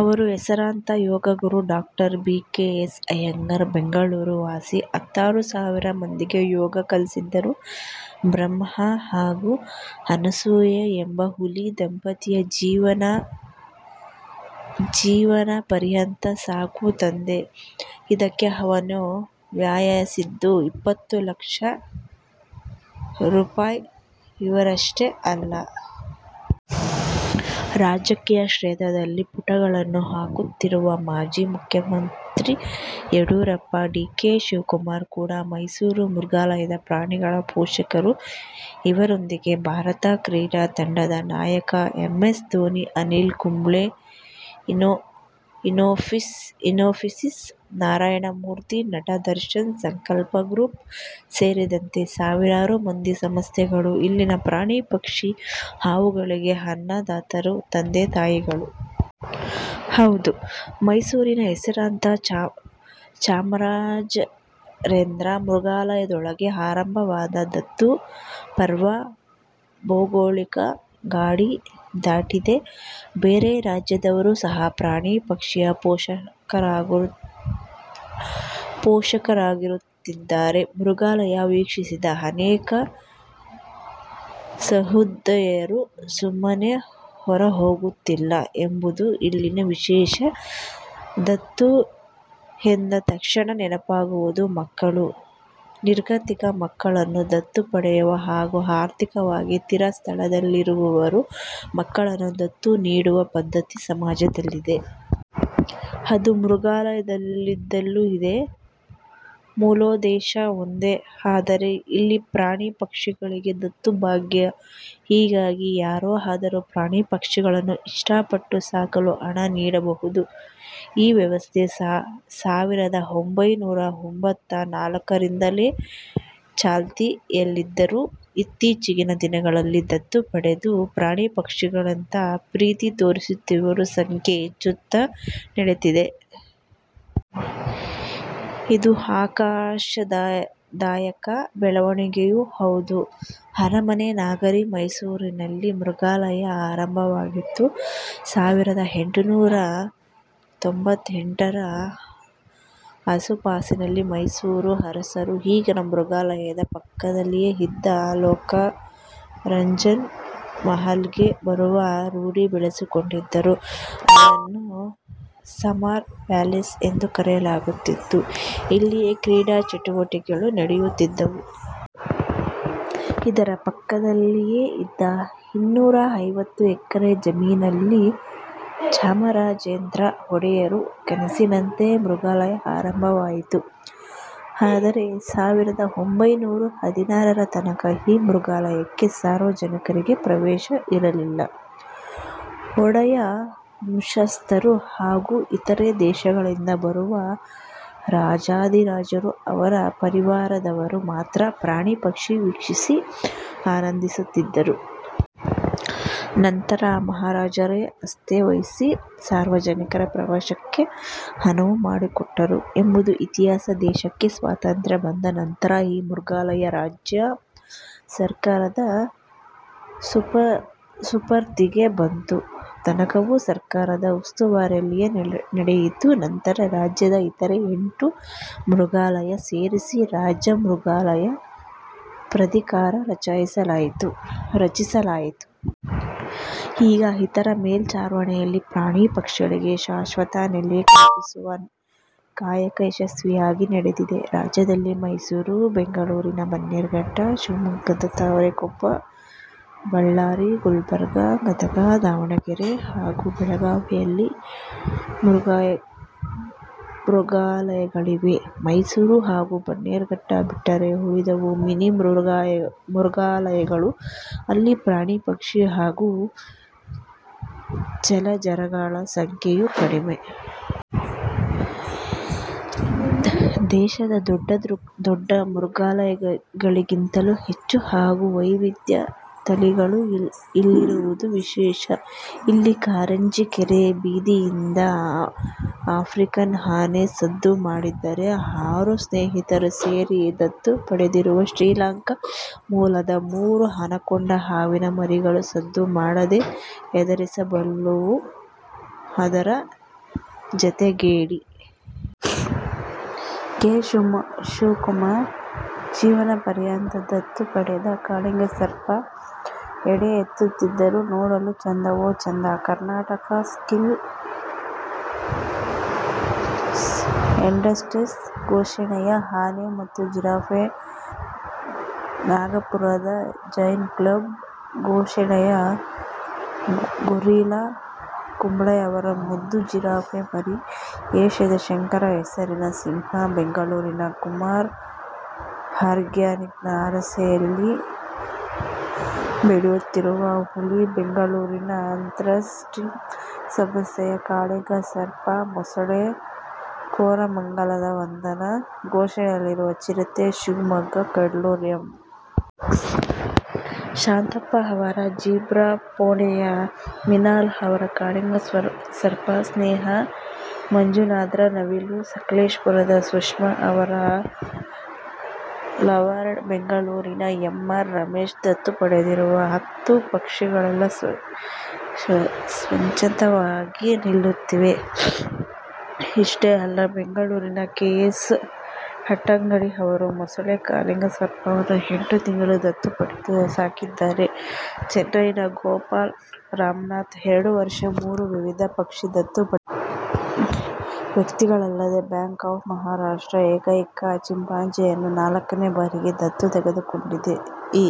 ಇವರು ಹೆಸರಾಂತ ಯೋಗ ಗುರು doctor B. K. S. Iyengar. Bengaluru ವಾಸಿ. ಹತ್ತಾರು ಸಾವಿರ ಮಂದಿಗೆ ಯೋಗ ಕಲಿಸಿದರೂ ಬ್ರಹ್ಮ ಹಾಗೂ ಅನಸೂಯಾ ಎಂಬ ಹುಲಿ ದಂಪತಿಯ ಜೀವನಪರ್ಯಂತ ಸಾಕು ತಂದೆ. ಇದಕ್ಕೆ ಅವರು ವ್ಯಯಿಸಿದ್ದು ಇಪ್ಪತ್ತು ಲಕ್ಷ ರೂಪಾಯ್ ಇವರಷ್ಟೇ ಅಲ್ಲ. ರಾಜಕೀಯ ಕ್ಷೇತ್ರದಲ್ಲಿ ಪಟ್ಟುಗಳನ್ನು ಹಾಕುತ್ತಿರುವ ಮಾಜಿ ಮುಖ್ಯಮಂತ್ರಿ ಯಡಿಯೂರಪ್ಪ, ಡಿ. ಕೆ. ಶಿವಕುಮಾರ್ ಕೂಡ ಮೈಸೂರು ಮೃಗಾಲಯದ ಪ್ರಾಣಿಗಳ ಪೋಷಕರು. ಇವರೊಂದಿಗೆ ಭಾರತ ಕ್ರಿಕೆಟ್ ತಂಡದ ನಾಯಕ ಎಂ. ಎಸ್. ದೋನಿ, ಅನಿಲ್ ಕುಂಬ್ಳೆ, ಇನ್ಫೋಸಿಸ್ ನಾರಾಯಣಮೂರ್ತಿ, ನಟ ದರ್ಶನ್, ಸಂಕಲ್ಪ ಗ್ರೂಪ್ ಸೇರಿದಂತೆ ಸಾವಿರಾರು ಮಂದಿ, ಸಂಸ್ಥೆಗಳು ಇಲ್ಲಿನ ಪ್ರಾಣಿ, ಪಕ್ಷಿ, ಹಾವುಗಳಿಗೆ ಅನ್ನದಾತರು, ತಂದೆ-ತಾಯಿಗಳು. ಹೌದು. ಮೈಸೂರಿನ ಹೆಸರಾಂತ ಚಾಮರಾಜೇಂದ್ರ ಮೃಗಾಲಯದೊಳಗೆ ಆರಂಭವಾದ ದತ್ತು ಪರ್ವ ಭೌಗೋಳಿಕ ಗಡಿ ದಾಟಿದೆ. ಬೇರೆ ರಾಜ್ಯದವರು ಸಹ ಪ್ರಾಣಿ, ಪಕ್ಷಿಯ ಪೋಷಕರಾಗುತ್ತಿದ್ದಾರೆ. ಮೃಗಾಲಯ ವೀಕ್ಷಿಸಿದ ಅನೇಕ ಸಹೃದಯರು ಸುಮ್ಮನೆ ಹೊರಹೋಗುತ್ತಿಲ್ಲ ಎಂಬುದು ಇಲ್ಲಿನ ವಿಶೇಷ. ದತ್ತು ಎಂದ ತಕ್ಷಣ ನೆನಪಾಗುವುದು ಮಕ್ಕಳು. ನಿರ್ಗತಿಕ ಮಕ್ಕಳನ್ನು ದತ್ತು ಪಡೆಯುವ ಹಾಗೂ ಆರ್ಥಿಕವಾಗಿ ತೀರಾ ಕೆಳಸ್ಥರದಲ್ಲಿರುವವರು ಮಕ್ಕಳನ್ನು ದತ್ತು ನೀಡುವ ಪದ್ಧತಿ ಸಮಾಜದಲ್ಲಿದೆ. ಅದು ಮೃಗಾಲಯದಲ್ಲೂ ಇದೆ. ಮೂಲೋದ್ದೇಶ ಒಂದೇ. ಆದರೆ ಇಲ್ಲಿ ಪ್ರಾಣಿ ಪಕ್ಷಿಗಳಿಗೆ ದತ್ತು ಭಾಗ್ಯ. ಹೀಗಾಗಿ ಯಾರೇ ಆದರೂ ಪ್ರಾಣಿ ಪಕ್ಷಿಗಳನ್ನು ಇಷ್ಟಪಟ್ಟು ಸಾಕಲು ಹಣ ನೀಡಬಹುದು. ಈ ವ್ಯವಸ್ಥೆ ಸಾವಿರದ ಒಂಭೈನುರಾ ಎಂಭತ್ತ ನಾಲ್ಕರಿಂದಲೇ ಚಾಲ್ತಿಯಲ್ಲಿದ್ದರೂ ಈಚೆಗಿನ ದಿನಗಳಲ್ಲಿ ದತ್ತು ಪಡೆದು ಪ್ರಾಣಿ ಪಕ್ಷಿಗಳತ್ತ ಪ್ರೀತಿ ತೋರಿಸುತ್ತಿರುವವರ ಸಂಖ್ಯೆ ಹೆಚ್ಚುತ್ತ ನಡೆದಿದೆ. ಇದು ಆಶಾದಾಯಕ ಬೆಳವಣಿಯೂ ಹೌದು. ಅರಮನೆ ನಗರಿ ಮೈಸೂರಲ್ಲಿ ಮೃಗಾಲಯ ಆರಂಭವಾಗಿದ್ದು ಸಾವಿರದ ಎಂಟುನೂರ ತೊಂಭತ್ತೆರಡರ ಆಸುಪಾಸಿನಲ್ಲಿ ಮೈಸೂರು ಅರಸರು ಈಗಿನ ಮೃಗಾಲಯದ ಪಕ್ಕದಲ್ಲಿಯೇ ಇದ್ದ ಲೋಕರಂಜನ್ ಮಹಲ್ಗೆ ಬರುವ ರೂಢಿ ಬೆಳೆಸಿಕೊಂಡಿದ್ದರು. ಅದನ್ನು ಸಮರ್ ಪ್ಯಾಲೇಸ್ ಎಂದೂ ಕರೆಯಲಾಗುತ್ತಿತ್ತು. ಇಲ್ಲಿಯೇ ಕ್ರೀಡಾ ಚಟುವಟಿಕೆಗಳೂ ನಡೆಯುತ್ತಿದ್ದವು. ಇದರ ಪಕ್ಕದಲ್ಲಿಯೇ ಇದ್ದ ಇನ್ನೂರೈವತ್ತು ಎಕರೆ ಜಮೀನಿನಲ್ಲಿ ಚಾಮರಾಜೇಂದ್ರ ಒಡೆಯರ ಕನಸಿನಂತೆ ಮೃಗಾಲಯ ಆರಂಭವಾಯಿತು. ಆದರೆ ಸಾವಿರದ ಒಂಭೈನೂರ ಹದಿನಾರರ ತನಕ ಈ ಮೃಗಾಲಯಕ್ಕೆ ಸಾರ್ವಜನಿಕರಿಗೆ ಪ್ರವೇಶ ಇರಲಿಲ್ಲ. ಒಡೆಯರ ವಂಶಸ್ಥರು ಹಾಗೂ ಇತರೆ ದೇಶಗಳಿಂದ ಬರುವ ರಾಜಾಧಿರಾಜರು, ಅವರ ಪರಿವಾರದವರು ಮಾತ್ರ ಪ್ರಾಣಿ ಪಕ್ಷಿ ವೀಕ್ಷಿಸಿ ಆನಂದಿಸುತ್ತಿದ್ದರು. ನಂತರ ಮಹಾರಾಜರೇ ಆಸ್ಥೆ ವಹಿಸಿ ಸಾರ್ವಜನಿಕರ ಪ್ರವೇಶಕ್ಕೆ ಅನುವು ಮಾಡಿಕೊಟ್ಟರು ಎಂಬುದು ಇತಿಹಾಸ. ದೇಶಕ್ಕೆ ಸ್ವಾತಂತ್ರ್ಯ ಬಂದ ನಂತರ ಈ ಮೃಗಾಲಯ ರಾಜ್ಯ ಸರ್ಕಾರದ ಸುಪರ್ದಿಗೆ ಬಂತು. ತನಕವೂ ಸರ್ಕಾರದ ಉಸ್ತುವಾರಿಯಲ್ಲಿಯೇ ನಡೆಯಿತು. ನಂತರ ರಾಜ್ಯದ ಇತರೇ ಎಂಟು ಮೃಗಾಲಯ ಸೇರಿಸಿ ರಾಜ್ಯ ಮೃಗಾಲಯ ಪ್ರಾಧಿಕಾರ ರಚಿಸಲಾಯಿತು. ಈಗ ಇದರ ಮೇಲ್ವಿಚಾರಣೆಯಲ್ಲಿ ಪ್ರಾಣಿ ಪಕ್ಷಿಗಳಿಗೆ ಶಾಶ್ವತ ನೆಲೆ ಕಲ್ಪಿಸುವ ಕಾಯಕ ಯಶಸ್ವಿಯಾಗಿ ನಡೆದಿದೆ. ರಾಜ್ಯದಲ್ಲಿ ಮೈಸೂರು, ಬೆಂಗಳೂರಿನ ಬನ್ನೇರುಘಟ್ಟ, ಶಿವಮೊಗ್ಗದ ತಾವರೆಕೊಪ್ಪ, ಬಳ್ಳಾರಿ, ಗುಲ್ಬರ್ಗ, ಗದಗ, ದಾವಣಗೆರೆ ಹಾಗೂ ಬೆಳಗಾವಿಯಲ್ಲಿ ಮೃಗಾಲಯಗಳಿವೆ. ಮೈಸೂರು ಹಾಗೂ ಬನ್ನೇರುಘಟ್ಟ ಬಿಟ್ಟರೆ ಉಳಿದವು ಮಿನಿ ಮೃಗಾಲಯಗಳು. ಅಲ್ಲಿ ಪ್ರಾಣಿ-ಪಕ್ಷಿ ಹಾಗೂ ಜಲಚರಗಳ ಸಂಖ್ಯೆಯೂ ಕಡಿಮೆ. ದೇಶದ ದೊಡ್ಡ ದೊಡ್ಡ ಮೃಗಾಲಯಗಳಿಗಿಂತಲೂ ಹೆಚ್ಚು ಹಾಗೂ ವೈವಿಧ್ಯ ತಳಿಗಳು ಇಲ್ಲಿರುವುದು ವಿಶೇಷ. ಇಲ್ಲಿ ಕಾರಂಜಿ ಕೆರೆ ಬದಿಯಿಂದ ಆಫ್ರಿಕನ್ ಆನೆ ಸದ್ದು ಮಾಡಿದರೆ, ಆರು ಸ್ನೇಹಿತರು ಸೇರಿ ದತ್ತು ಪಡೆದಿರುವ ಶ್ರೀಲಂಕಾ ಮೂಲದ ಮೂರು ಅನಕೊಂಡಾ ಹಾವಿನ ಮರಿಗಳು ಸದ್ದು ಮಾಡದೇ ಹೆದರಿಸಬಲ್ಲವು. ಅದರ ಜತೆಗೆ ಡಿ. ಕೆ. ಶಿವಕುಮಾರ್ ಜೀವನಪರ್ಯಂತ ದತ್ತು ಪಡೆದ ಕಾಳಿಂಗಸರ್ಪ ಹೆಡೆ ಎತ್ತದಿದ್ದರೂ ನೋಡಲು ಚೆಂದವೋ ಚಂದ. ಕರ್ನಾಟಕ ಸಿಲ್ಕ್ ಇಂಡಸ್ಟ್ರೀಸ್ ಪೋಷಣೆಯ ಆನೆ ಮತ್ತು ಜಿರಾಫೆ, ನಾಗಪುರದ ಜೈನ್ ಕ್ಲಬ್ ಪೋಷಣೆಯ ಗೊರಿಲ್ಲಾ, ಕುಂಬ್ಳೆಯವರ ಮುದ್ದು ಜಿರಾಫೆ ಮರಿ, ಏಷ್ಯಾದ ಶಂಕರ ಹೆಸರಿನ ಸಿಂಹ, ಬೆಂಗಳೂರಿನ ಕುಮಾರ್ ಆರ್ಗ್ಯಾನಿಕ್ನ ಆಸರೆಯಲ್ಲಿ ಬೆಳೆಯುತ್ತಿರುವ ಹುಲಿ, ಬೆಂಗಳೂರಿನ ಅಂತ್ರಾಸ್ ಸಿಸ್ಟಂ ಸಂಸ್ಥೆಯ ಕಾಳಿಂಗಸರ್ಪ, ಮೊಸಳೆ, ಕೋರಮಂಗಲದ ವಂದನಾ ಪೋಷಣೆಯಲ್ಲಿರುವ ಚಿರತೆ, ಶಿವಮೊಗ್ಗ ಕುಡ್ಲೂರು ಎಂ. ಶಾಂತಪ್ಪ ಅವರ ಜೀಬ್ರಾ, ಪುಣೆಯ ಮಿನಾಲ್ ಅವರ ಕಾಳಿಂಗಸರ್ಪ, ಸ್ನೇಹಾ ಮಂಜುನಾಥ್ರ ನವಿಲು, ಸಕಲೇಶಪುರದ ಸುಷ್ಮಾ ಅವರ ಲವ್ಬರ್ಡ್, ಬೆಂಗಳೂರಿನ ಎಂ. ಆರ್. ರಮೇಶ್ ದತ್ತು ಪಡೆದಿರುವ ಹತ್ತು ಪಕ್ಷಿಗಳೆಲ್ಲ ಸ್ವಚ್ಛಂದವಾಗಿ ನಲಿಯುತ್ತಿವೆ. ಇಷ್ಟೇ ಅಲ್ಲ. ಬೆಂಗಳೂರಿನ ಕೆ. ಎಸ್. ಹಟ್ಟಂಗಡಿ ಅವರು ಮೊಸಳೆ, ಕಾಳಿಂಗಸರ್ಪವನ್ನು ಎಂಟು ತಿಂಗಳು ದತ್ತು ಪಡೆದು ಸಾಕಿದರೆ, ಚೆನೈನ ಗೋಪಾಲ ರಾಮನಾಥ್ ಎರಡು ವರ್ಷ ಮೂರು ವಿವಿಧ ಪಕ್ಷಿ ದತ್ತು ಪಡೆದಿದ್ದಾರೆ. ವ್ಯಕ್ತಿಗಳಲ್ಲದೇ ಬ್ಯಾಂಕ್ ಆಫ್ ಮಹಾರಾಷ್ಟ್ರ ಏಕೈಕ ಚಿಂಪಾಜಿಯನ್ನು ನಾಲ್ಕನೇ ಬಾರಿಗೆ ದತ್ತು ತೆಗೆದುಕೊಂಡಿದೆ.ಇ